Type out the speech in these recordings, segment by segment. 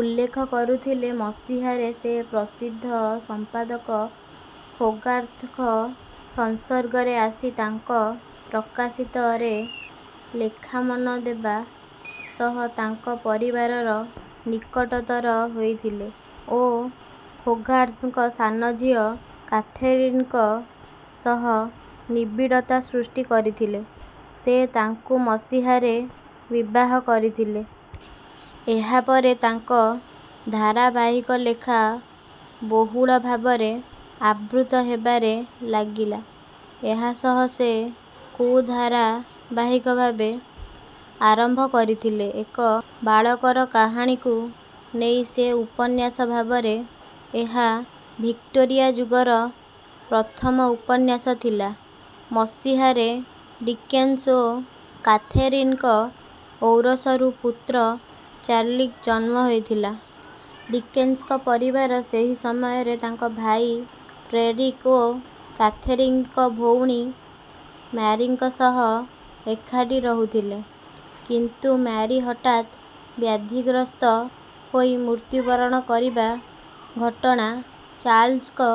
ଉଲ୍ଲେଖ କରୁଥିଲେ। ମସିହାରେ ସେ ପ୍ରସିଦ୍ଧ ସମ୍ପାଦକ ହୋଗାର୍ଥଙ୍କ ସଂସର୍ଗରେ ଆସି ତାଙ୍କ ପ୍ରକାଶିତ ରେ ଲେଖା ମନ ଦେବା ସହ ତାଙ୍କ ପରିବାରର ନିକଟତର ହୋଇଥିଲେ ଓ ହୋଗାର୍ଥଙ୍କ ସାନ ଝିଅ କାଥେରିନ୍‌ଙ୍କ ସହ ନିବିଡ଼ତା ସୃଷ୍ଟି କରିଥିଲେ। ସେ ତାଙ୍କୁ ମସିହାରେ ବିବାହ କରିଥିଲେ। ଏହା ପରେ ତାଙ୍କ ଧାରାବାହିକ ଲେଖା ବହୁଳ ଭାବରେ ଆବୃତ ହେବାରେ ଲାଗିଲା। ଏହା ସହ ସେ କୁ ଧାରାବାହିକ ଭାବରେ ଆରମ୍ଭ କରିଥିଲେ। ଏକ ବାଳକର କାହାଣୀକୁ ନେଇ ସେ ଉପନ୍ୟାସ ଭାବରେ ଏହା ଭିକ୍ଟୋରିଆ ଯୁଗର ପ୍ରଥମ ଉପନ୍ୟାସ ଥିଲା। ମସିହାରେ ଡିକେନ୍ସ ଓ କାଥେରିନ୍‌ଙ୍କ ଔରସରୁ ପୁତ୍ର ଚାର୍ଲି ଜନ୍ମ ହୋଇଥିଲା। ଡିକେନ୍ସଙ୍କ ପରିବାର ସେହି ସମୟରେ ତାଙ୍କ ଭାଇ ଫ୍ରେଡରିକୋ ଓ କାଥେରୀନ୍‌ଙ୍କ ଭଉଣୀ ମାରିଙ୍କ ସହ ଏକାଠି ରହୁଥିଲେ। କିନ୍ତୁ ମାରି ହଠାତ୍ ବ୍ୟାଧିଗ୍ରସ୍ତ ହୋଇ ମୃତ୍ୟୁବରଣ କରିବା ଘଟଣା ଚାର୍ଲସ୍‌ଙ୍କ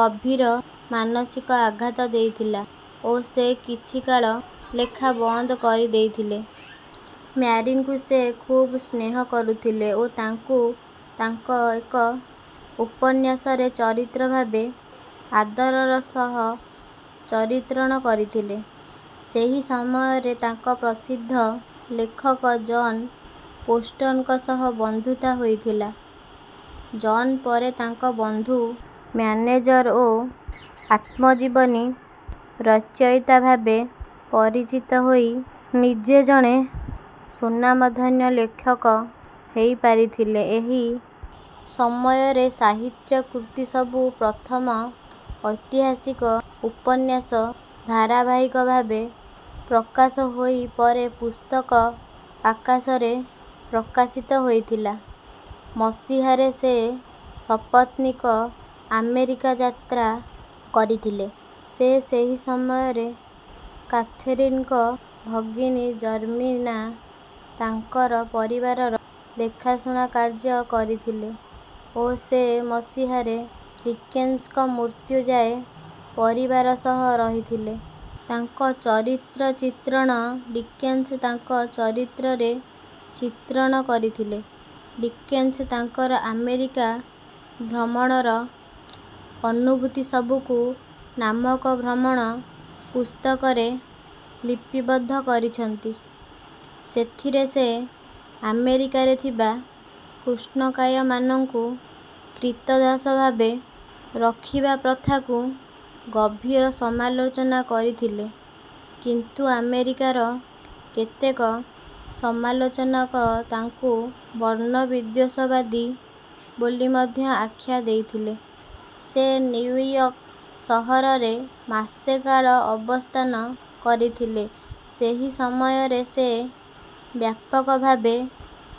ଗଭୀର ମାନସିକ ଆଘାତ ଦେଇଥିଲା ଓ ସେ କିଛି କାଳ ଲେଖା ବନ୍ଦ କରିଦେଇଥିଲେ। ମାରିଙ୍କୁ ସେ ଖୁବ୍ ସ୍ନେହ କରୁଥିଲେ ଓ ତାଙ୍କୁ ତାଙ୍କ ଏକ ଉପନ୍ୟାସରେ ଚରିତ୍ର ଭାବରେ ଆଦରର ସହ ଚରିତ୍ରଣ କରିଥିଲେ। ସେହି ସମୟରେ ତାଙ୍କ ପ୍ରସିଦ୍ଧ ଲେଖକ ଜନ୍ ଫୋଷ୍ଟରଙ୍କ ସହ ବନ୍ଧୁତା ହୋଇଥିଲା। ଜନ୍ ପରେ ତାଙ୍କର ବନ୍ଧୁ, ମ୍ୟାନେଜର୍ ଓ ଆତ୍ମଜୀବନୀ ରଚୟିତା ଭାବରେ ପରିଚିତ ହୋଇ ନିଜେ ଜଣେ ସ୍ୱନାମଧନ୍ୟ ଲେଖକ ହୋଇପାରିଥିଲେ। ଏହି ସମୟରେ ସାହିତ୍ୟ କୃତି ସବୁ ପ୍ରଥମ ଐତିହାସିକ ଉପନ୍ୟାସ ଧାରାବାହିକ ଭାବେ ପ୍ରକାଶ ହୋଇ ପରେ ପୁସ୍ତକ ଆକାଶରେ ପ୍ରକାଶିତ ହୋଇଥିଲା। ମସିହାରେ ସେ ସପତ୍ନୀକ ଆମେରିକା ଯାତ୍ରା କରିଥିଲେ। ସେ ସେହି ସମୟରେ କାଥେରୀନ୍‌ଙ୍କ ଭଗିନୀ ଜର୍ମିନା ତାଙ୍କର ପରିବାରର ଦେଖାଶୁଣା କାର୍ଯ୍ୟ କରିଥିଲେ ଓ ସେ ମସିହାରେ ଡିକେନ୍ସଙ୍କ ମୃତ୍ୟୁ ଯାଏ ପରିବାର ସହ ରହିଥିଲେ। ତାଙ୍କ ଚରିତ୍ର ଚିତ୍ରଣ ଡିକେନ୍ସ ତାଙ୍କ ଚରିତ୍ରରେ ଚିତ୍ରଣ କରିଥିଲେ। ଡିକେନ୍ସ ତାଙ୍କର ଆମେରିକା ଭ୍ରମଣର ଅନୁଭୂତି ସବୁକୁ ନାମକ ଭ୍ରମଣ ପୁସ୍ତକରେ ଲିପିବଦ୍ଧ କରିଛନ୍ତି। ସେଥିରେ ସେ ଆମେରିକାରେ ଥିବା କୃଷ୍ଣକାୟମାନଙ୍କୁ କ୍ରୀତଦାସ ଭାବରେ ରଖିବା ପ୍ରଥାକୁ ଗଭୀର ସମାଲୋଚନା କରିଥିଲେ। କିନ୍ତୁ ଆମେରିକାର କେତେକ ସମାଲୋଚକ ତାଙ୍କୁ ବର୍ଣ୍ଣବିଦ୍ୱେଷବାଦୀ ବୋଲି ମଧ୍ୟ ଆଖ୍ୟା ଦେଇଥିଲେ। ସେ ନିଉୟର୍କ ସହରରେ ମାସେ କାଳ ଅବସ୍ଥାନ କରିଥିଲେ। ସେହି ସମୟରେ ସେ ବ୍ୟାପକ ଭାବରେ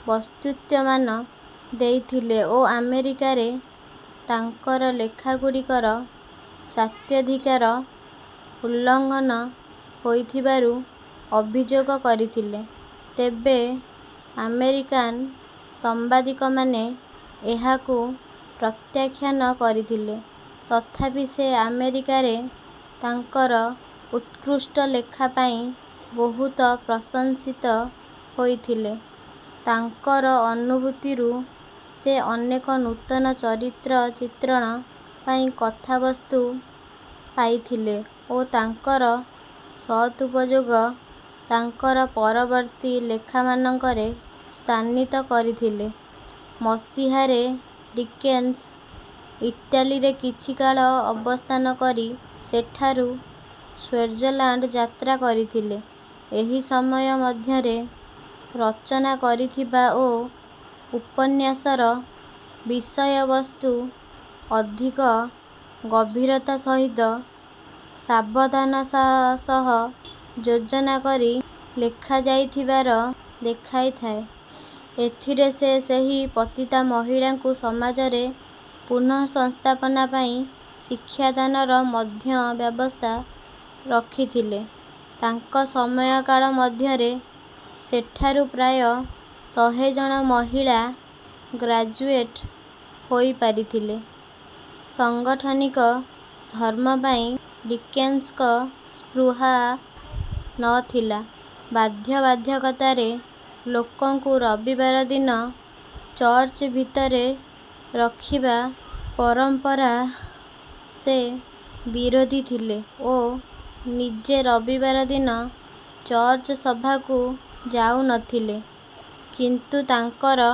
ବସ୍ତୁତ୍ବମାନ ଦେଇଥିଲେ ଓ ଆମେରିକାରେ ତାଙ୍କର ଲେଖାଗୁଡ଼ିକର ସାତ୍ତ୍ୱାଧିକାର ଉଲ୍ଲଂଘନ ହୋଇଥିବାରୁ ଅଭିଯୋଗ କରିଥିଲେ। ତେବେ ଆମେରିକାନ୍ ସମ୍ବାଦିକମାନେ ଏହାକୁ ପ୍ରତ୍ୟାଖ୍ୟାନ କରିଥିଲେ। ତଥାପି ସେ ଆମେରିକାରେ ତାଙ୍କର ଉତ୍କୃଷ୍ଟ ଲେଖା ପାଇଁ ବହୁଳ ପ୍ରଶଂସିତ ହୋଇଥିଲେ। ତାଙ୍କର ଅନୁଭୂତିରୁ ସେ ଅନେକ ନୂତନ ଚରିତ୍ର ଚିତ୍ରଣ ପାଇଁ କଥାବସ୍ତୁ ପାଇଥିଲେ ଓ ତାଙ୍କର ସଦୁପଯୋଗ ତାଙ୍କର ପରବର୍ତ୍ତୀ ଲେଖାମାନଙ୍କରେ ସ୍ଥାନିତ କରିଥିଲେ। ମସିହାରେ ଡିକେନ୍ସ ଇଟାଲୀରେ କିଛି କାଳ ଅବସ୍ଥାନ କରି ସେଠାରୁ ସ୍ୱିଜର୍ଲାଣ୍ଡ ଯାତ୍ରା କରିଥିଲେ। ଏହି ସମୟ ମଧ୍ୟରେ ରଚନା କରିଥିବା ଓ ଉପନ୍ୟାସର ବିଷୟବସ୍ତୁ ଅଧିକ ଗଭୀରତା ସହିତ ସାବଧାନତା ସହ ଯୋଜନା କରି ଲେଖାଯାଇଥିବାର ଦେଖାଯାଇଥାଏ। ଏଥିରେ ସେ ସେହି ପତିତା ମହିଳାଙ୍କୁ ସମାଜରେ ପୁନଃସଂସ୍ଥାପନା ପାଇଁ ଶିକ୍ଷାଦାନର ମଧ୍ୟ ବ୍ୟବସ୍ଥା ରଖିଥିଲେ। ତାଙ୍କ ସମୟକାଳ ମଧ୍ୟରେ ସେଠାରୁ ପ୍ରାୟ ଶହେ ଜଣ ମହିଳା ଗ୍ରାଜୁଏଟ୍ ହୋଇପାରିଥିଲେ। ସଙ୍ଗଠନିକ ଧର୍ମ ପାଇଁ ଡିକେନ୍ସଙ୍କ ସ୍ପୃହା ନ ଥିଲା। ବାଧ୍ୟବାଧକତାରେ ଲୋକଙ୍କୁ ରବିବାର ଦିନ ଚର୍ଚ୍ଚ ଭିତରେ ରଖିବା ପରମ୍ପରା ସେ ବିରୋଧୀ ଥିଲେ ଓ ନିଜେ ରବିବାର ଦିନ ଚର୍ଚ୍ଚ ସଭାକୁ ଯାଉନଥିଲେ। କିନ୍ତୁ ତାଙ୍କର...